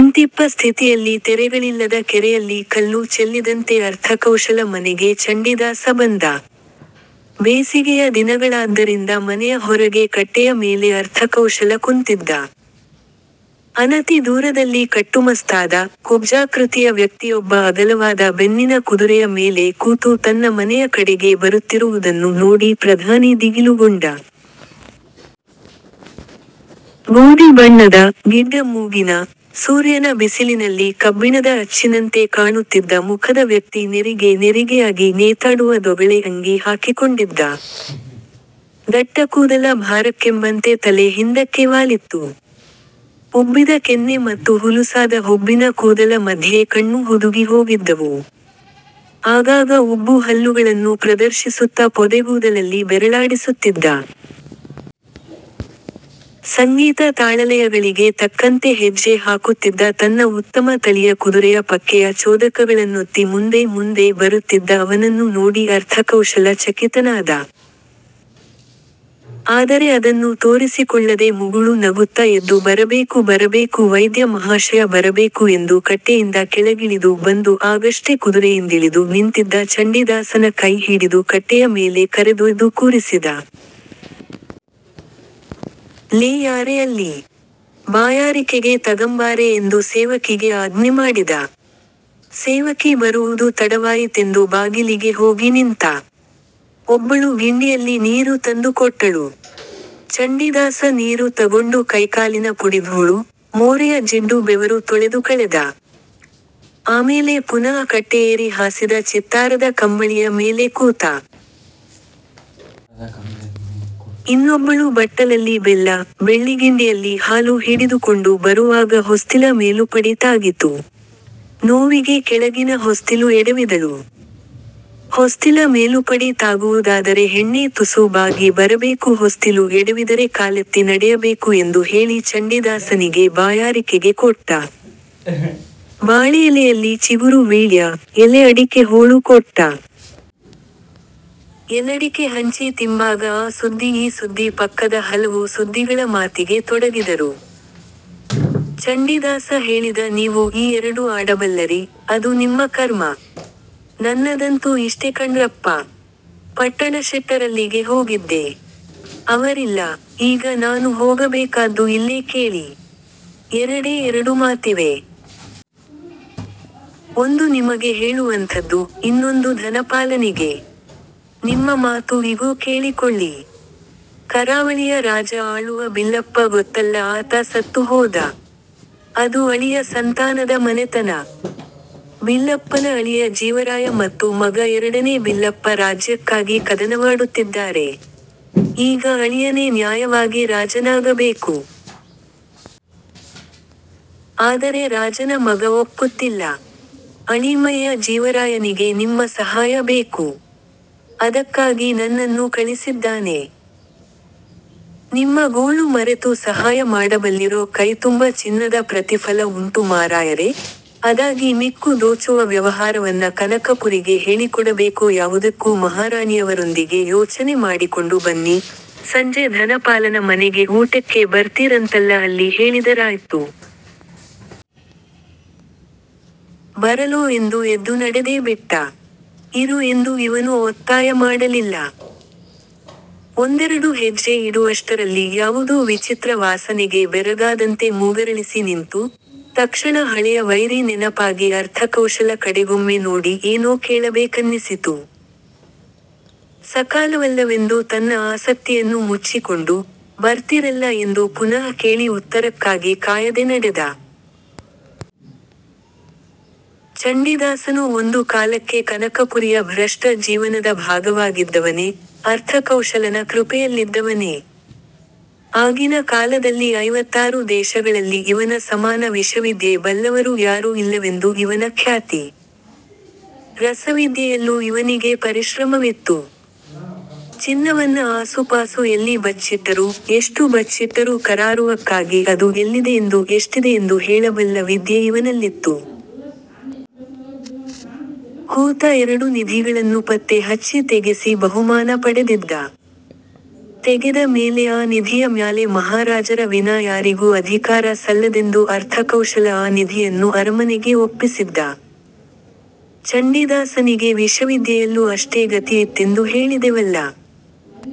ಇಂತಿಪ್ಪ ಸ್ಥಿತಿಯಲ್ಲಿ ತೆರೆಗಳಿಲ್ಲದ ಕೆರೆಯಲ್ಲಿ ಕಲ್ಲು ಚೆಲ್ಲಿದಂತೆ ಅರ್ಥಕೌಶಲ ಮನೆಗೆ ಚಂಡೀದಾಸ ಬಂದ. ಬೇಸಿಗೆಯ ದಿನಗಳಾದ್ದರಿಂದ ಮನೆಯ ಹೊರಗೆ ಕಟ್ಟೆಯ ಮೇಲೆ ಅರ್ಥಕೌಶಲ ಕುಂತಿದ್ದ. ಅನತಿ ದೂರದಲ್ಲಿ ಕಟ್ಟುಮಸ್ತಾದ, ಕುಬ್ಜಾಕೃತಿಯ ವ್ಯಕ್ತಿಯೊಬ್ಬ ಅಗಲವಾದ ಬೆನ್ನಿನ ಕುದುರೆಯ ಮೇಲೆ ಕೂತು ತನ್ನ ಮನೆಯ ಕಡೆಗೇ ಬರುತ್ತಿರುವುದನ್ನು ನೋಡಿ ಪ್ರಧಾನಿ ದಿಗಿಲುಗೊಂಡ. ಗೋದಿ ಬಣ್ಣದ, ಗಿಡ್ಡ ಮೂಗಿನ, ಸೂರ್ಯನ ಬಿಸಿಲಿನಲ್ಲಿ ಕಬ್ಬಿಣದ ಅಚ್ಚಿನಂತೆ ಕಾಣುತ್ತಿದ್ದ ಮುಖದ ವ್ಯಕ್ತಿ ನೆರಿಗೆ ನೆರಿಗೆಯಾಗಿ ನೇತಾಡುವ ದೊಗಳೆ ಅಂಗಿ ಹಾಕಿಕೊಂಡಿದ್ದ. ದಟ್ಟಕೂದಲ ಭಾರಕ್ಕೆಂಬಂತೆ ತಲೆ ಹಿಂದಕ್ಕೆ ವಾಲಿತ್ತು. ಉಬ್ಬಿದ ಕೆನ್ನೆ ಮತ್ತು ಹುಲುಸಾದ ಹುಬ್ಬಿನ ಕೂದಲ ಮಧ್ಯೆ ಕಣ್ಣು ಹುದುಗಿ ಹೋಗಿದ್ದವು. ಆಗಾಗ ಉಬ್ಬು ಹಲ್ಲುಗಳನ್ನು ಪ್ರದರ್ಶಿಸುತ್ತ ಪೊದೆಗೂದಲಲ್ಲಿ ಬೆರಳಾಡಿಸುತ್ತಿದ್ದ. ಸಂಗೀತ ತಾಳಲಯಗಳಿಗೆ ತಕ್ಕಂತೆ ಹೆಜ್ಜೆ ಹಾಕುತ್ತಿದ್ದ ತನ್ನ ಉತ್ತಮ ತಳಿಯ ಕುದುರೆಯ ಪಕ್ಕೆಯ ಚೋದಕಗಳನ್ನೊತ್ತಿ ಮುಂದೆ ಮುಂದೆ ಬರುತ್ತಿದ್ದ ಅವನನ್ನು ನೋಡಿ ಅರ್ಥಕೌಶಲ ಚಕಿತನಾದ. ಆದರೆ ಅದನ್ನು ತೋರಿಸಿಕೊಳ್ಳದೆ ಮುಗುಳು ನಗುತ್ತ ಎದ್ದು ಬರಬೇಕು ಬರಬೇಕು ವೈದ್ಯ ಮಹಾಶಯ ಬರಬೇಕು ಎಂದು ಕಟ್ಟೆಯಿಂದ ಕೆಳಗಿಳಿದು ಬಂದು ಆಗಷ್ಟೆ ಕುದುರೆಯಿಂದಿಳಿದು ನಿಂತಿದ್ದ ಚಂಡೀದಾಸನ ಕೈ ಹಿಡಿದು ಕಟ್ಟೆಯ ಮೇಲೆ ಕರೆದೊಯ್ದು ಕೂರಿಸಿದ. ಲೇ ಯಾರೇ ಅಲ್ಲಿ? ಬಾಯಾರಿಕೆಗೆ ತಗಂಬಾರೆ ಎಂದು ಸೇವಕಿಗೆ ಆಜ್ಞೆ ಮಾಡಿದ. ಸೇವಕಿ ಬರುವುದು ತಡವಾಯಿತೆಂದು ಬಾಗಿಲಿಗೆ ಹೋಗಿ ನಿಂತ. ಒಬ್ಬಳು ಗಿಂಡಿಯಲ್ಲಿ ನೀರು ತಂದುಕೊಟ್ಟಳು. ಚಂಡೀದಾಸ ನೀರು ತಗೊಂಡು ಕೈಕಾಲಿನ ಪುಡಿಧೂಳು, ಮೋರೆಯ ಜಿಡ್ಡು ಬೆವರು ತೊಳೆದು ಕಳೆದ. ಆಮೇಲೆ ಪುನಃ ಕಟ್ಟೆಯೇರಿ ಹಾಸಿದ ಚಿತ್ತಾರದ ಕಂಬಳಿಯ ಮೇಲೆ ಕೂತ. ಇನ್ನೊಬ್ಬಳು ಬಟ್ಟಲಲ್ಲಿ ಬೆಲ್ಲ, ಬೆಳ್ಳಿಗಿಂಡಿಯಲ್ಲಿ ಹಾಲು ಹಿಡಿದುಕೊಂಡು ಬರುವಾಗ ಹೊಸ್ತಿಲ ಮೇಲುಪಡಿ ತಾಗಿತು. ನೋವಿಗೆ ಕೆಳಗಿನ ಹೊಸ್ತಿಲು ಎಡವಿದಳು. ಹೊಸ್ತಿಲ ಮೇಲುಪಡಿ ತಾಗುವುದಾದರೆ ಹೆಣ್ಣೇ ತುಸು ಬಾಗಿ ಬರಬೇಕು ಹೊಸ್ತಿಲು ಎಡವಿದರೆ ಕಾಲೆತ್ತಿ ನಡೆಯಬೇಕು ಎಂದು ಹೇಳಿ ಚಂಡೀದಾಸನಿಗೆ ಬಾಯಾರಿಕೆಗೆ ಕೊಟ್ಟ. ಬಾಳೆಯೆಲೆಯಲ್ಲಿ ಚಿಗುರು ವೀಳ್ಯ, ಎಲೆ ಅಡಿಕೆ ಹೋಳು ಕೊಟ್ಟ. ಎಲಡಿಕೆ ಹಂಚಿ ತಿಂಬಾಗ ಆ ಸುದ್ದಿ ಈ ಸುದ್ದಿ ಪಕ್ಕದ ಹಲವು ಸುದ್ದಿಗಳ ಮಾತಿಗೆ ತೊಡಗಿದರು. ಚಂಡೀದಾಸ ಹೇಳಿದ ನೀವು ಈ ಎರಡೂ ಆಡಬಲ್ಲರಿ, ಅದು ನಿಮ್ಮ ಕರ್ಮ. ನನ್ನದಂತೂ ಇಷ್ಟೆ ಕಣ್ರಪ್ಪ. ಪಟ್ಟಣಶೆಟ್ಟರಲ್ಲಿಗೆ ಹೋಗಿದ್ದೆ. ಅವರಿಲ್ಲ, ಈಗ ನಾನು ಹೋಗಬೇಕಾದ್ದು ಇಲ್ಲೇ ಕೇಳಿ. ಎರಡೇ ಎರಡು ಮಾತಿವೆ. ಒಂದು ನಿಮಗೆ ಹೇಳುವಂಥದ್ದು, ಇನ್ನೊಂದು ಧನಪಾಲನಿಗೆ. ನಿಮ್ಮ ಮಾತು ಇಗೋ ಕೇಳಿಕೊಳ್ಳಿ. ಕರಾವಳಿಯ ರಾಜ ಆಳುವ ಬಿಲ್ಲಪ್ಪ ಗೊತ್ತಲ್ಲ ಆತ ಸತ್ತು ಹೋದ. ಅದು ಅಳಿಯ ಸಂತಾನದ ಮನೆತನ. ಬಿಲ್ಲಪ್ಪನ ಅಳಿಯ ಜೀವರಾಯ ಮತ್ತು ಮಗ ಎರಡನೇ ಬಿಲ್ಲಪ್ಪ ರಾಜ್ಯಕ್ಕಾಗಿ ಕದನವಾಡುತ್ತಿದ್ದಾರೆ. ಈಗ ಅಳಿಯನೇ ನ್ಯಾಯವಾಗಿ ರಾಜನಾಗಬೇಕು. ಆದರೆ ರಾಜನ ಮಗ ಒಪ್ಪುತ್ತಿಲ್ಲ. ಅಳೀಮಯ್ಯ ಜೀವರಾಯನಿಗೆ ನಿಮ್ಮ ಸಹಾಯ ಬೇಕು. ಅದಕ್ಕಾಗಿ ನನ್ನನ್ನು ಕಳಿಸಿದ್ದಾನೆ. ನಿಮ್ಮ ಗೋಳು ಮರೆತು ಸಹಾಯ ಮಾಡಬಲ್ಲಿರೊ ಕೈತುಂಬ ಚಿನ್ನದ ಪ್ರತಿಫಲ ಉಂಟು ಮಾರಾಯರೇ, ಅದಾಗಿ ಮಿಕ್ಕು ದೋಚುವ ವ್ಯವಹಾರವನ್ನ ಕನಕಪುರಿಗೆ ಹೇಳಿಕೊಡಬೇಕೋ ಯಾವುದಕ್ಕೂ ಮಹಾರಾಣಿಯವರೊಂದಿಗೆ ಯೋಚನೆ ಮಾಡಿಕೊಂಡು ಬನ್ನಿ, ಸಂಜೆ ಧನಪಾಲನ ಮನೆಗೆ ಊಟಕ್ಕೆ ಬರ್ತೀರಂತಲ್ಲ ಅಲ್ಲಿ ಹೇಳಿದರಾಯ್ತು. ಬರಲೋ ಎಂದು ಎದ್ದು ನಡೆದೇಬಿಟ್ಟ. ಇರು ಎಂದು ಇವನೂ ಒತ್ತಾಯ ಮಾಡಲಿಲ್ಲ. ಒಂದೆರಡು ಹೆಜ್ಜೆ ಇಡುವಷ್ಟರಲ್ಲಿ ಯಾವುದೋ ವಿಚಿತ್ರ ವಾಸನೆಗೆ ಬೆರಗಾದಂತೆ ಮೂಗರಳಿಸಿ ನಿಂತು, ತಕ್ಷಣ ಹಳೆಯ ವೈರಿ ನೆನಪಾಗಿ ಅರ್ಥಕೌಶಲ ಕಡೆಗೊಮ್ಮೆ ನೋಡಿ ಏನೋ ಕೇಳಬೇಕನ್ನಿಸಿತು. ಸಕಾಲವಲ್ಲವೆಂದು ತನ್ನ ಆಸಕ್ತಿಯನ್ನು ಮುಚ್ಚಿಕೊಂಡು, ಬರ್ತೀರಲ್ಲ ಎಂದು ಪುನಃ ಕೇಳಿ ಉತ್ತರಕ್ಕಾಗಿ ಕಾಯದೆ ನಡೆದ. ಚಂಡೀದಾಸನೂ ಒಂದು ಕಾಲಕ್ಕೆ ಕನಕಪುರಿಯ ಭ್ರಷ್ಟ ಜೀವನದ ಭಾಗವಾಗಿದ್ದವನೇ, ಅರ್ಥಕೌಶಲನ ಕೃಪೆಯಲ್ಲಿದ್ದವನೇ. ಆಗಿನ ಕಾಲದಲ್ಲಿ ಐವತ್ತಾರು ದೇಶಗಳಲ್ಲಿ ಇವನ ಸಮಾನ ವಿಷವಿದ್ಯೆ ಬಲ್ಲವರು ಯಾರೂ ಇಲ್ಲವೆಂದು ಇವನ ಖ್ಯಾತಿ. ರಸವಿದ್ಯೆಯಲ್ಲೂ ಇವನಿಗೆ ಪರಿಶ್ರಮವಿತ್ತು. ಚಿನ್ನವನ್ನ ಆಸುಪಾಸು ಎಲ್ಲಿ ಬಚ್ಚಿಟ್ಟರೂ, ಎಷ್ಟು ಬಚ್ಚಿಟ್ಟರೂ ಕರಾರುವಕ್ಕಾಗಿ ಅದು ಎಲ್ಲಿದೆಯೆಂದು ಎಷ್ಟಿದೆಯೆಂದು ಹೇಳಬಲ್ಲ ವಿದ್ಯೆ ಇವನಲ್ಲಿತ್ತು. ಹೂತ ಎರಡು ನಿಧಿಗಳನ್ನುಪತ್ತೆ ಹಚ್ಚಿ ತೆಗೆಸಿ ಬಹುಮಾನ ಪಡೆದಿದ್ದ. ತೆಗೆದ ಮೇಲೆ ಆ ನಿಧಿಯ ಮ್ಯಾಲೆ ಮಹಾರಾಜರ ವಿನಾ ಯಾರಿಗೂ ಅಧಿಕಾರ ಸಲ್ಲದೆಂದು ಅರ್ಥಕೌಶಲ ಆ ನಿಧಿಯನ್ನು ಅರಮನೆಗೇ ಒಪ್ಪಿಸಿದ್ದ. ಚಂಡೀದಾಸನಿಗೆ ವಿಷವಿದ್ಯೆಯಲ್ಲೂ ಅಷ್ಟೇ ಗತಿಯಿತ್ತೆಂದು ಹೇಳಿದೆವಲ್ಲ?